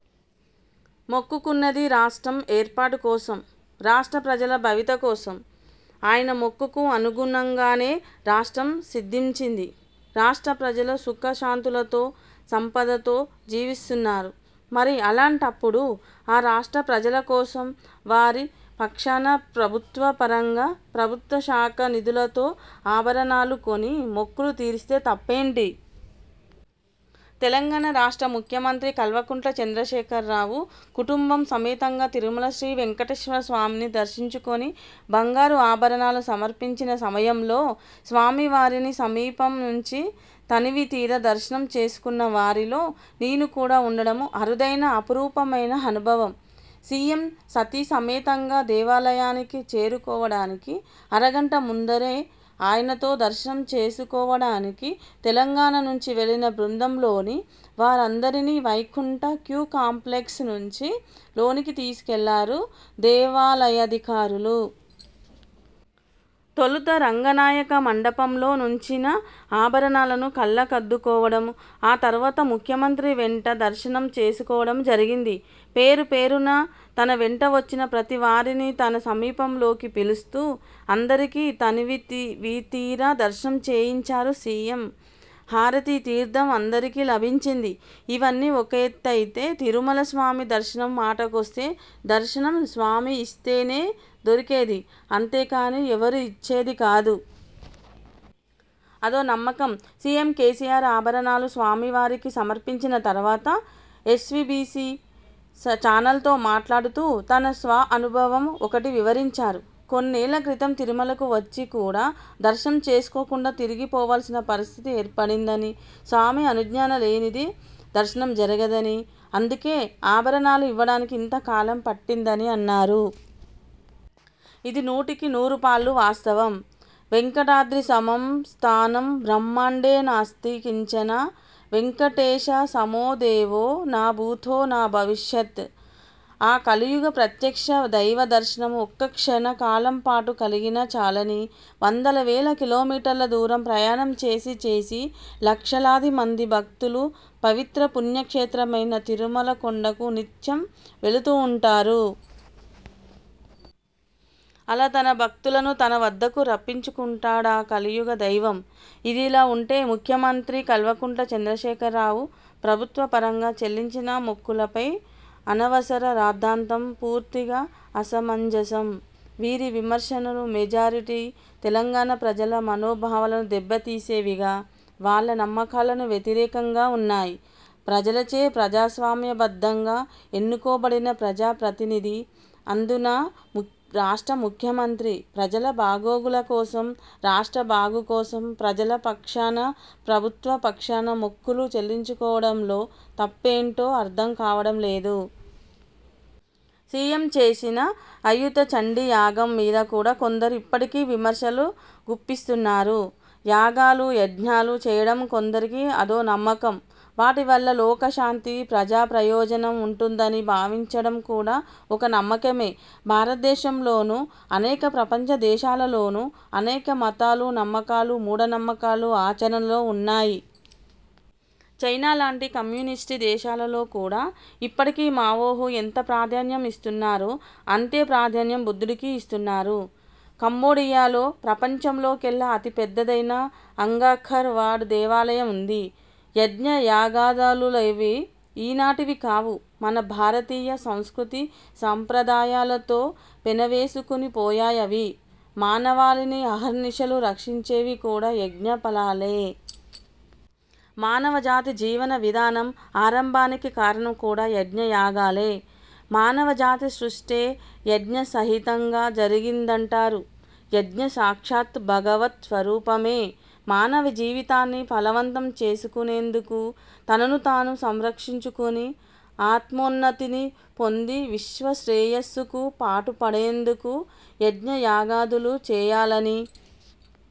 మొక్కుకున్నది రాష్ట్రం ఏర్పాటు కోసం, రాష్ట్ర ప్రజల భవిత కోసం. ఆయన మొక్కుకు అనుగుణంగానే రాష్ట్రం సిద్ధించింది. రాష్ట్ర ప్రజలు సుఖ శాంతులతో, సంపదతో జీవిస్తున్నారు. మరి, అలాంటప్పుడు, ఆ రాష్ట్ర ప్రజల కోసం, వారి పక్షాన ప్రభుత్వ పరంగా, ప్రభుత్వ శాఖ నిధులతో, ఆభరణాలు కొని మొక్కులు తీరిస్తే తప్పేంటి? తెలంగాణ రాష్ట్ర ముఖ్యమంత్రి కల్వకుంట్ల చంద్రశేఖర రావు కుటుంబ సమేతంగా తిరుమల శ్రీ వేంకటేశ్వర స్వామిని దర్శించుకుని బంగారు ఆభరణాలు సమర్పించిన సమయంలో స్వామివారిని సమీపం నుంచి తనివి తీరా దర్శనం చేసుకున్న వారిలో నేను కూడా వుండడం అరుదైన, అపురూపమైన అనుభవం. సీఎం సతీ సమేతంగా దేవాలయానికి చేరుకోవడానికి అర గంట ముందరే ఆయనతో దర్శనం చేసుకోవడానికి తెలంగాణ నుంచి వెళ్ళిన బృందంలోని వారందరినీ వైకుంఠం క్యూ కాంప్లెక్స్ నుంచి లోనికి తీసుకెళ్లారు దేవాలయాధికారులు. తొలుత రంగనాయక మండపంలో వుంచిన ఆభరణాలను కళ్లకద్దుకోవడం, ఆ తరువాత ముఖ్యమంత్రి వెంట దర్శనం చేసుకోవడం జరిగింది. పేరుపేరునా తన వెంట వచ్చిన ప్రతివారినీ తన సమీపంలోకి పిలుస్తూ, అందరికీ తనివి వీతీరా దర్శనం చేయించారు సీఎం. హారతీ, తీర్థం అందరికీ లభించింది. ఇవన్నీ ఒక ఎత్తైతేతిరుమల స్వామి దర్శనం మాటకొస్తే ''దర్శనం స్వామి ఇస్తేనే దొరికేది'' అంతేకానీ ఎవరూ ఇచ్చేది కాదు. అదో నమ్మకం. సీఎం కేసీఆర్ ఆభరణాలు స్వామివారికి సమర్పించిన తరువాత ఎస్వీబీసీ ఛానల్తో మాట్లాడుతూ తన స్వానుభవం ఒకటి వివరించారు. కొన్నేళ్ల క్రితం తిరుమలకు వచ్చి కూడా, దర్శనం చేసుకోకుండా తిరిగి పోవాల్సిన పరిస్థితి ఏర్పడిందని, స్వామి అనుజ్ఞాన లేనిదే దర్శనం జరగదని, అందుకే ఆభరణాలు ఇవ్వడానికి ఇంత కాలం పట్టిందనీ, అన్నారు. ఇది నూటికి నూరు పాళ్లు వాస్తవం. ''వేంకటాద్రి సమం స్థానం బ్రహ్మాండే నాస్తి కించన, వేంకటేశ సమోదేవో న భూతో న భవిష్యతి''. ఆ కలియుగ ప్రత్యక్ష దైవ దర్శనం ఒక్క క్షణ కాలంపాటు కలిగినా చాలని, వందల వేల కిలోమీటర్ల దూరం ప్రయాణం చేసి చేసి, లక్షలాది మంది భక్తులు, పవిత్ర పుణ్య క్షేత్రమైన తిరుమల కొండకు నిత్యం వెళుతుంటారు. అలా తన భక్తులను తన వద్దకు రప్పించుకుంటాడా కలియుగ దైవం! ఇదిలా వుంటేముఖ్యమంత్రి కల్వకుంట్ల చంద్రశేఖర్ రావు ప్రభుత్వ పరంగా చెల్లించిన మొక్కులపై అనవసర రాద్ధాంతం పూర్తిగా అసమంజసం. వీరి విమర్శలు మెజారిటీ తెలంగాణ ప్రజల మనోభావాలను దెబ్బతీసేవిగా, వాళ్ల నమ్మకాలకు వ్యతిరేకంగా వున్నాయి. ప్రజలచే ప్రజాస్వామ్య బద్ధంగా ఎన్నుకోబడిన ప్రజా ప్రతినిధి, అందునా రాష్ట్ర ముఖ్యమంత్రి, ప్రజల బాగోగుల కోసం, రాష్ట్రం బాగుకోసం, ప్రజల పక్షాన, ప్రభుత్వ పక్షాన మొక్కులు చెల్లించుకోవడంలో తప్పేంటో అర్థం కావడం లేదు. సీఎం చేసిన ఆయుత చండీ యాగం మీద కూడా కొందరు ఇప్పటికీ విమర్శలు గుప్పిస్తున్నారు. యాగాలు యజ్ఞాలు చేయడం కొందరికి అదో నమ్మకం. వాటివల్ల లోక శాంతి, ప్రజా ప్రయోజనం వుంటుందని భావించడం కూడా ఒక నమ్మకమే. భారతదేశంలోను, అనేక ప్రపంచ దేశాలలోను, అనేక మతాలు, నమ్మకాలు, మూఢనమ్మకాలు ఆచరణలో వున్నాయి. చైనా లాంటి కమ్యూనిస్టు దేశాలలో కూడా ఇప్పటికీ మావోహు ఎంత ప్రాధాన్యం ఇస్తున్నారో అంతే ప్రాధాన్యం బుద్ధుడికీ ఇస్తున్నారు. కంబోడియాలో ప్రపంచంలో కెల్లా అతిపెద్దదైన అంగ్కార్ వాట్ దేవాలయం వుంది. యజ్ఞయాగాదులేవి ఈనాటివి కావు. మన భారతీయ సంస్కృతీ సంప్రదాయాలతో పెనవేసుకునిపోయాయవి. మానవాళిని అహర్నిశలూ రక్షించేవి కూడా యజ్ఞ ఫలాలే. మానవ జాతి జీవన విధానం ఆరంభానికి కారణం కూడా యజ్ఞ యాగాలే. మానవ జాతి సృష్టే యజ్ఞ సహితంగా జరిగిందంటారు. యజ్ఞం సాక్షాత్తు భగవత్ స్వరూపమే. మానవ జీవితాన్ని ఫలవంతం చేసుకునేందుకు, తనను తాను సంస్కరించుకుని, ఆత్మోన్నతిని పొంది విశ్వ శ్రేయస్సుకు పాటుపడేందుకు యజ్ఞయాగాదులు చేయాలని